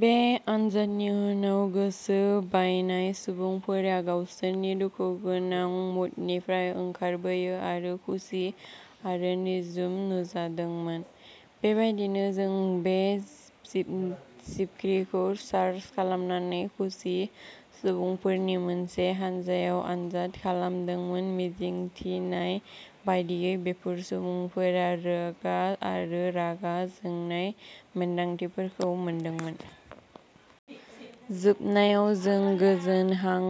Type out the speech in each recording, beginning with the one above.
बे आनजादनि उनाव, गोसो बायनाय सुबुंफोरा गावसोरनि दुखुगोनां मुडनिफ्राय ओंखारबोयो आरो खुसि आरो निजोम नुजादोंमोन। बेबायदिनो, जों बे जिब जिबख्रिखौ चार्ज खालामनानै खुसि सुबुंफोरनि मोनसे हानजायाव आनजाद खालामदोंमोन। मिजिंथिनाय बायदियै, बेफोर सुबुंफोरा रागा आरो रागा जोंनाय मोन्दांथिफोरखौ मोनदोंमोन। जोबनायाव जों गोजोन हां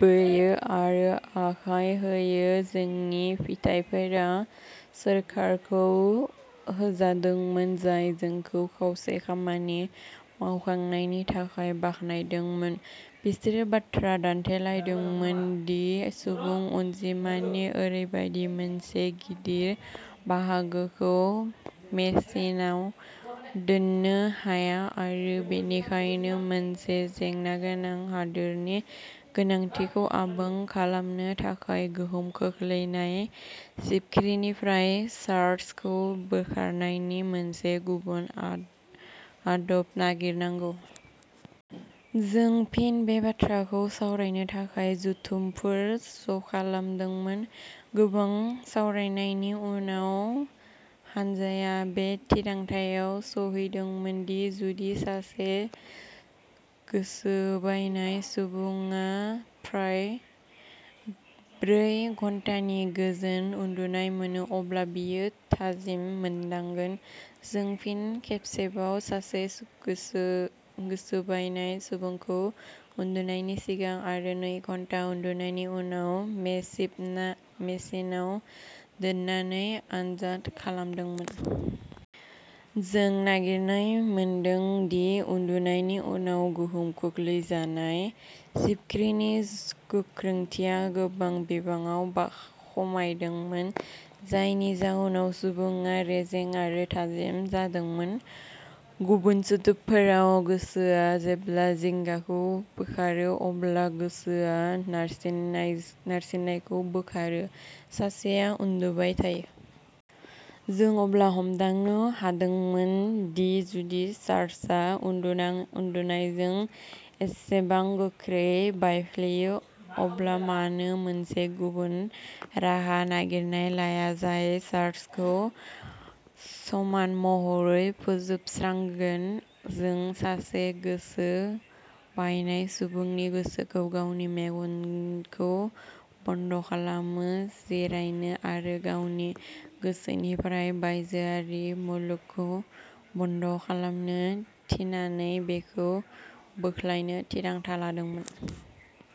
बोयो आरो आखाय होयो। जोंनि फिथाइफोरा सोरखारखौ होजादोंमोन, जाय जोंखौ खावसे खामानि मावखांनायनि थाखाय बाख्नायदोंमोन। बिसोरो बाथ्रा दान्थेलायदोंमोन दि सुबुं अनजिमानि ओरैबायदि मोनसे गिदिर बाहागोखौ मेसिनआव दोन्नो हाया आरो बेनिखायनो मोनसे जेंनागोनां हादोरनि गोनांथिखौ आबुं खालामनो थाखाय गोहोम खोख्लैनाय जिबख्रिनिफ्राय चार्जखौ बोखारनायनि मोनसे गुबुन आद आदब नागिरनांगौ। जों फिन बे बाथ्राखौ सावरायनो थाखाय जथुमफोर ज'खालामदोंमोन। गोबां सावरायनायनि उनाव, हानजाया बे थिरांथायाव सौहैदोंमोन दि जुदि सासे गोसोबायनाय सुबुङा फ्राय ब्रै घन्टानि गोजोन उन्दुनाय मोनो, अब्ला बियो थाजिम मोनदांगोन। जों फिन खेबसेबाव सासे गोसो गोसोबायनाय सुबुंखौ उन्दुनायनि सिगां आरो नै घन्टा उन्दुनायनि उनाव मेसेबना मेसिनआव दोननानै आनजाद खालामदोंमोन। जों नागिरनाय मोनदों दि उन्दुनायनि उनाव, गोहोम खोख्लैजानाय जिबख्रिनि गोख्रोंथिया गोबां बिबाङाव खमायदोंमोन, जायनि जाउनाव सुबुङा रेजें आरो थाजिम जादोंमोन। गुबुन सोदोबफोराव, गोसोआ जेब्ला जिंगाखौ बोखारो अब्ला गोसोआ नारसिननायखौ बोखारो। सासेया उन्दुबाय थायो। जों अब्ला हमदांनो हादोंमोन दि जुदि चार्जआ उन्दुनां उन्दुनायजों एसेबां गोख्रै बायफ्लेयो, अब्ला मानो मोनसे गुबुन राहा नागिरनाय लाया जाय चार्जखौ समान महरै फोजोबस्रांगोन। जों सासे गोसो बायनाय सुबुंनि गोसोखौ गावनि मेगनखौ बन्द'खालामनो, जिरायनो आरो गावनि गोसोनिफ्राय बायजोआरि मुलुगखौ बन्द'खालामनो थिननानै बिखौ बोख्लायनो थिरांथा लादोंमोन।